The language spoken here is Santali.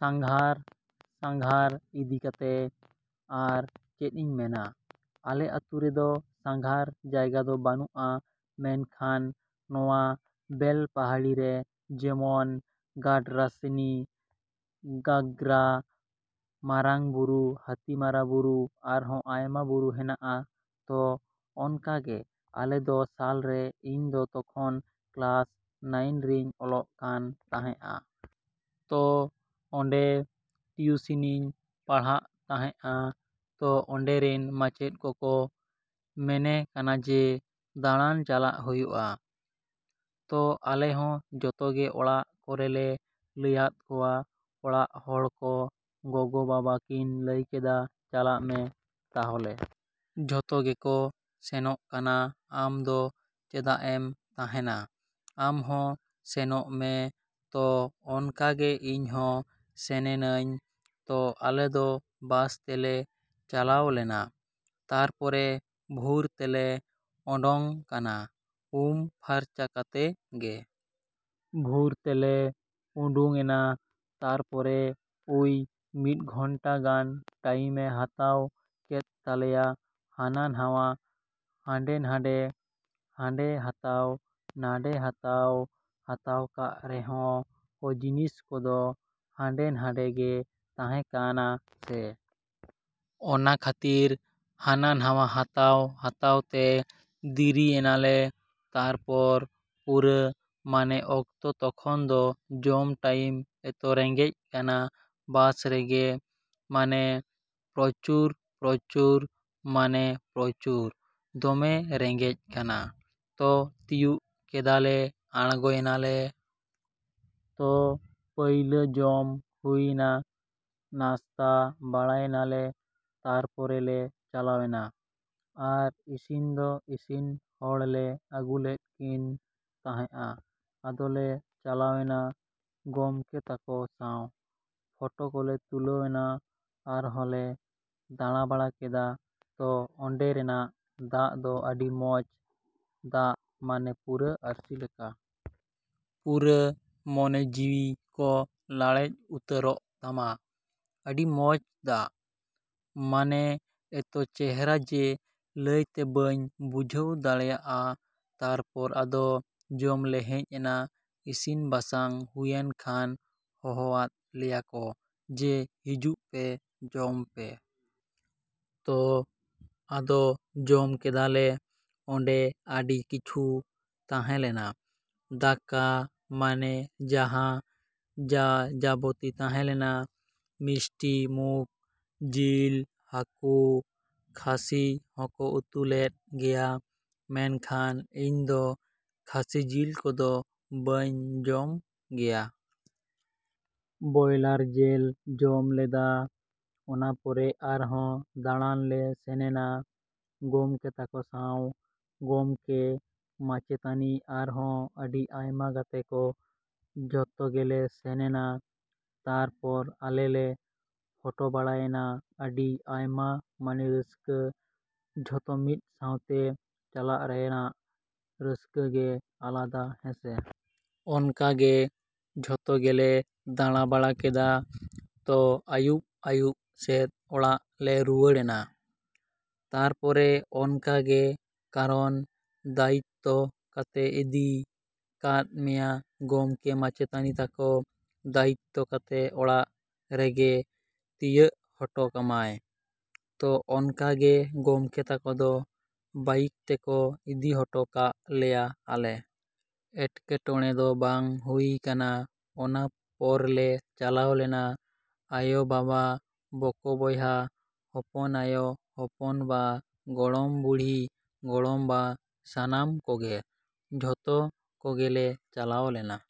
ᱥᱟᱸᱜᱷᱟᱨ᱾ ᱥᱟᱸᱜᱷᱟᱨ ᱤᱫᱤ ᱠᱟᱛᱮ ᱟᱨ ᱪᱮᱫ ᱤᱧ ᱢᱮᱱᱟ, ᱟᱞᱮ ᱟᱛᱳ ᱨᱮᱫᱚ ᱥᱟᱸᱜᱷᱟᱨ ᱡᱟᱭᱜᱟ ᱫᱚ ᱵᱟᱹᱱᱩᱜᱼᱟ᱾ ᱢᱮᱱᱠᱷᱟᱱ ᱱᱚᱣᱟ ᱵᱮᱞᱯᱟᱦᱟᱲᱤ ᱨᱮ ᱡᱮᱢᱚᱱ ᱜᱟᱰᱨᱟᱥᱤᱱᱤ, ᱜᱷᱟᱜᱽᱨᱟ, ᱢᱟᱨᱟᱝ ᱵᱩᱨᱩ, ᱦᱟᱹᱛᱤᱢᱟᱨᱟ ᱵᱩᱨᱩ, ᱟᱨᱦᱚᱸ ᱟᱭᱢᱟ ᱵᱩᱨᱩ ᱦᱮᱱᱟᱜᱼᱟ᱾ ᱛᱚ, ᱚᱱᱠᱟᱜᱮ ᱟᱞᱮ ᱫᱚ ᱥᱟᱞ ᱨᱮ, ᱤᱧ ᱫᱚ ᱛᱚᱠᱷᱚᱱ ᱠᱞᱟᱥ ᱱᱟᱭᱤᱱ ᱨᱮᱧ ᱚᱞᱚᱜ ᱠᱟᱱ ᱛᱟᱦᱮᱸᱜᱼᱟ᱾ ᱛᱚ, ᱚᱸᱰᱮ ᱴᱤᱭᱩᱥᱤᱱ ᱤᱧ ᱯᱟᱲᱦᱟᱜ ᱛᱟᱦᱮᱸᱜᱼᱟ᱾ ᱛᱚ ᱚᱸᱰᱮ ᱨᱮᱱ ᱢᱟᱪᱮᱫ ᱠᱚᱠᱚ ᱢᱮᱱᱮ ᱠᱟᱱᱟ ᱡᱮ, ᱫᱟᱬᱟᱱ ᱪᱟᱞᱟᱜ ᱦᱩᱭᱩᱜᱼᱟ᱾ ᱛᱚ, ᱟᱞᱮ ᱦᱚᱸ ᱡᱚᱛᱚᱜᱮ ᱚᱲᱟᱜ ᱠᱚᱨᱮᱞᱮ ᱞᱟᱹᱭᱟᱫ ᱠᱚᱣᱟ᱾ ᱚᱲᱟᱜ ᱦᱚᱲ ᱠᱚ, ᱜᱚᱜᱚ-ᱵᱟᱵᱟ ᱠᱤᱱ ᱞᱟᱹᱭ ᱠᱮᱫᱟ ᱪᱟᱞᱟᱜ ᱢᱮ ᱛᱟᱦᱚᱞᱮ᱾ ᱡᱷᱚᱛᱚᱜᱮᱠᱚ ᱥᱮᱱᱚᱜ ᱠᱟᱱᱟ ᱟᱢ ᱫᱚ ᱪᱮᱫᱟᱜ ᱮᱢ ᱛᱟᱦᱮᱱᱟ? ᱟᱢ ᱦᱚᱸ ᱥᱮᱱᱚᱜ ᱢᱮ᱾ ᱛᱚ, ᱚᱱᱠᱟᱜᱮ ᱤᱧ ᱦᱚᱸ ᱥᱮᱱᱮᱱᱟᱹᱧ᱾ ᱛᱚ, ᱟᱞᱮ ᱫᱚ ᱵᱟᱥ ᱛᱮᱞᱮ ᱪᱟᱞᱟᱣ ᱞᱮᱱᱟ᱾ ᱛᱟᱨᱯᱚᱨᱮ ᱵᱷᱳᱨ ᱛᱮᱞᱮ ᱩᱰᱩᱝ ᱠᱟᱱᱟ, ᱩᱢ ᱯᱷᱟᱨᱪᱟ ᱠᱟᱛᱮ ᱜᱮ᱾ ᱵᱷᱳᱨ ᱛᱮᱞᱮ ᱩᱰᱩᱝ ᱮᱱᱟ, ᱛᱟᱨᱯᱚᱨᱮ ᱚᱭ ᱢᱤᱫ ᱜᱷᱚᱱᱴᱟ ᱜᱟᱱ ᱴᱟᱭᱤᱢᱮ ᱦᱟᱛᱟᱣ ᱠᱮᱫ ᱛᱟᱞᱮᱭᱟ ᱦᱟᱱᱟ ᱱᱟᱣᱟ, ᱦᱟᱸᱰᱮ ᱱᱟᱰᱮ, ᱦᱟᱸᱰᱮ ᱦᱟᱛᱟᱣ, ᱱᱟᱸᱰᱮ ᱦᱟᱛᱟᱣ, ᱦᱟᱛᱟᱣ ᱠᱟᱜ ᱨᱮᱦᱚᱸ ᱠᱚ ᱡᱤᱱᱤᱥ ᱠᱚᱫᱚ ᱦᱟᱸᱰᱮ ᱱᱷᱟᱰᱮ ᱜᱮ ᱛᱟᱦᱮᱸ ᱠᱟᱱᱟ ᱥᱮ᱾ ᱚᱱᱟ ᱠᱷᱟᱹᱛᱤᱨ ᱦᱟᱱᱟ ᱱᱟᱣᱟ ᱦᱟᱛᱟᱣ ᱦᱟᱛᱟᱣ ᱛᱮ ᱫᱮᱨᱤᱭᱮᱱᱟᱞᱮ᱾ ᱛᱟᱨᱯᱚᱨ ᱯᱩᱨᱟᱹ ᱢᱟᱱᱮ ᱚᱠᱛᱚ ᱛᱚᱠᱷᱚᱱ ᱫᱚ ᱡᱚᱢ ᱴᱟᱭᱤᱢ ᱮᱛᱚ ᱨᱮᱸᱜᱮᱡ ᱠᱟᱱᱟ ᱵᱟᱥ ᱨᱮᱜᱮ᱾ ᱢᱟᱱᱮ ᱯᱨᱚᱪᱩᱨ, ᱯᱨᱚᱪᱩᱨ ᱢᱟᱱᱮ ᱯᱨᱚᱪᱩᱨ᱾ ᱫᱚᱢᱮ ᱨᱮᱸᱜᱮᱡ ᱠᱟᱱᱟ᱾ ᱛᱚ, ᱛᱤᱭᱳᱜ ᱠᱮᱫᱟᱞᱮ ᱟᱬᱜᱚᱭᱮᱱᱟᱞᱮ᱾ ᱛᱚ, ᱯᱟᱹᱭᱞᱟᱹ ᱡᱚᱢ ᱦᱩᱭᱮᱱᱟ, ᱱᱟᱥᱛᱟ ᱵᱟᱲᱟᱭᱮᱱᱟᱞᱮ᱾ ᱛᱟᱨᱯᱚᱨᱮ ᱞᱮ ᱪᱟᱞᱟᱣᱮᱱᱟ ᱟᱨ ᱤᱥᱤᱱ ᱫᱚ ᱤᱥᱤᱱ ᱦᱚᱲᱞᱮ ᱟᱹᱜᱩᱞᱮᱫ ᱠᱤᱱ ᱛᱟᱦᱮᱸᱜᱼᱟ᱾ ᱟᱫᱚᱞᱮ ᱪᱟᱞᱟᱣ ᱮᱱᱟ ᱜᱚᱢᱠᱮ ᱛᱟᱠᱚ ᱥᱟᱶ᱾ ᱯᱷᱚᱴᱚ ᱠᱚᱞᱮ ᱛᱩᱞᱟᱹᱣ ᱮᱱᱟ᱾ ᱟᱨᱦᱚᱸᱞᱮ ᱫᱟᱬᱟᱵᱟᱲᱟ ᱠᱮᱫᱟ᱾ ᱛᱚ, ᱚᱸᱰᱮ ᱨᱮᱱᱟᱜ ᱫᱟᱜ ᱫᱚ ᱟᱹᱰᱤ ᱢᱚᱡᱽ ᱫᱟᱜ ᱢᱟᱱᱮ ᱯᱩᱨᱟᱹ ᱟᱨᱥᱤ ᱞᱮᱠᱟ᱾ ᱯᱩᱨᱟᱹ ᱢᱚᱱᱮ ᱡᱤᱣᱭᱤ ᱠᱚ ᱞᱟᱲᱮᱡ ᱩᱛᱟᱹᱨᱚᱜ ᱛᱟᱢᱟ᱾ ᱟᱹᱰᱤ ᱢᱚᱡᱽ ᱫᱟᱜ, ᱢᱟᱱᱮ ᱮᱛᱚ ᱪᱮᱦᱨᱟ ᱡᱮ, ᱞᱟᱹᱭᱛᱮ ᱵᱟᱹᱧ ᱵᱩᱡᱷᱟᱹᱣ ᱫᱟᱲᱮᱭᱟᱜᱼᱟ᱾ ᱛᱟᱨᱯᱚᱨ ᱟᱫᱚ ᱡᱚᱢᱞᱮ ᱦᱮᱡ ᱮᱱᱟ᱾ ᱤᱥᱤᱱ ᱵᱟᱥᱟᱝ ᱦᱩᱭᱮᱱ ᱠᱷᱟᱱ ᱦᱚᱦᱚᱣᱟᱫ ᱞᱮᱭᱟ ᱠᱚ, ᱡᱮ, ᱦᱤᱡᱩᱜ ᱯᱮ, ᱡᱚᱢᱯᱮ᱾ ᱛᱚ, ᱟᱫᱚ ᱡᱚᱢ ᱠᱮᱫᱟᱞᱮ᱾ ᱚᱸᱰᱮ ᱟᱹᱰᱤ ᱠᱤᱪᱷᱩ ᱛᱟᱦᱮᱞᱮᱱᱟ, ᱫᱟᱠᱟ, ᱢᱟᱱᱮ ᱡᱟᱦᱟᱸ ᱡᱟ, ᱡᱟᱵᱚᱛᱤ ᱛᱟᱦᱮᱞᱮᱱᱟ᱾ ᱢᱤᱥᱴᱤ ᱢᱩᱠᱷ, ᱡᱤᱞ, ᱦᱟᱹᱠᱩ, ᱠᱷᱟᱹᱥᱤ ᱦᱚᱸ ᱠᱚ ᱩᱛᱩ ᱞᱮᱫ ᱜᱮᱭᱟ᱾ ᱢᱮᱱᱠᱷᱟᱱ ᱤᱧ ᱫᱚ ᱠᱷᱟᱹᱥᱤ ᱡᱤᱞ ᱠᱚᱫᱚ ᱵᱟᱹᱧ ᱡᱚᱢ ᱜᱮᱭᱟ᱾ ᱵᱚᱭᱞᱟᱨ ᱡᱮᱞ ᱡᱚᱢ ᱞᱮᱫᱟ᱾ ᱚᱱᱟ ᱯᱚᱨᱮ ᱟᱨᱦᱚᱸ ᱫᱟᱬᱟᱱ ᱞᱮ ᱥᱮᱱᱮᱱᱟ ᱜᱚᱢᱠᱮ ᱛᱟᱠᱚ ᱥᱟᱸᱶ᱾ ᱜᱚᱢᱠᱮ, ᱢᱟᱪᱮᱛᱟᱹᱱᱤ ᱟᱨᱦᱚᱸ ᱟᱹᱰᱤ ᱟᱭᱢᱟ ᱜᱟᱛᱮ ᱠᱚ ᱡᱷᱚᱛᱚ ᱜᱮᱞᱮ ᱥᱮᱱ ᱮᱱᱟ᱾ ᱛᱟᱨᱯᱚᱨ ᱟᱞᱮ ᱞᱮ ᱯᱷᱚᱴᱚ ᱵᱟᱲᱟᱭᱮᱱᱟ᱾ ᱟᱹᱰᱤ ᱟᱭᱢᱟ ᱢᱟᱱᱮ ᱨᱟᱹᱥᱠᱟᱹ ᱡᱷᱚᱛᱚ ᱢᱤᱫ ᱥᱟᱶᱛᱮ ᱪᱟᱞᱟᱜ ᱨᱮᱱᱟᱜ ᱨᱟᱹᱥᱠᱟᱹ ᱜᱮ ᱟᱞᱟᱫᱟ ᱦᱮᱸᱥᱮ᱾ ᱚᱱᱠᱟ ᱜᱮ ᱡᱷᱚᱛᱚ ᱜᱮᱞᱮ ᱫᱟᱬᱟ ᱵᱟᱲᱟ ᱠᱮᱫᱟ, ᱛᱚ, ᱟᱭᱩᱵ ᱟᱭᱩᱵ ᱥᱮᱫ ᱚᱲᱟᱜ ᱞᱮ ᱨᱩᱣᱟᱹᱲᱮᱱᱟ᱾ ᱛᱟᱨᱯᱚᱨᱮ ᱚᱱᱠᱟᱜᱮ, ᱠᱟᱨᱚᱱ, ᱫᱟᱭᱤᱛᱛᱚ ᱠᱟᱛᱮ ᱤᱫᱤᱭ ᱠᱟᱫ ᱢᱮᱭᱟ ᱜᱚᱢᱠᱮ ᱢᱟᱪᱮᱛᱟᱱᱤ ᱛᱟᱠᱚ, ᱫᱟᱭᱤᱛᱛᱚ ᱠᱟᱛᱮ ᱚᱲᱟᱜ ᱨᱮᱜᱮ ᱛᱤᱭᱟᱹᱜ ᱦᱚᱴᱚ ᱠᱟᱢᱟᱭ᱾ ᱛᱚ, ᱚᱱᱠᱟ ᱜᱮ ᱜᱚᱢᱠᱮ ᱛᱟᱠᱚ ᱫᱚ ᱵᱟᱭᱤᱠ ᱛᱮᱠᱚ ᱤᱫᱤ ᱦᱚᱴᱚ ᱠᱟᱜ ᱞᱮᱭᱟ ᱟᱞᱮ᱾ ᱮᱴᱠᱮᱴᱚᱬᱮ ᱫᱚ ᱵᱟᱝ ᱦᱩᱭ ᱠᱟᱱᱟ᱾ ᱚᱱᱟ ᱯᱚᱨᱞᱮ ᱪᱟᱞᱟᱣ ᱞᱮᱱᱟ ᱟᱭᱳᱼᱵᱟᱵᱟ, ᱵᱚᱠᱚ ᱵᱚᱭᱦᱟ, ᱦᱚᱯᱚᱱ ᱟᱭᱳ ᱦᱚᱯᱚᱱ ᱵᱟ, ᱜᱚᱲᱚᱢ ᱵᱩᱲᱦᱤ ᱜᱚᱲᱚᱢ ᱵᱟ ᱥᱟᱱᱟᱢ ᱠᱚᱜᱮ᱾ ᱡᱷᱚᱛᱚ ᱠᱚᱜᱮᱞᱮ ᱪᱟᱞᱟᱣ ᱞᱮᱱᱟ ᱾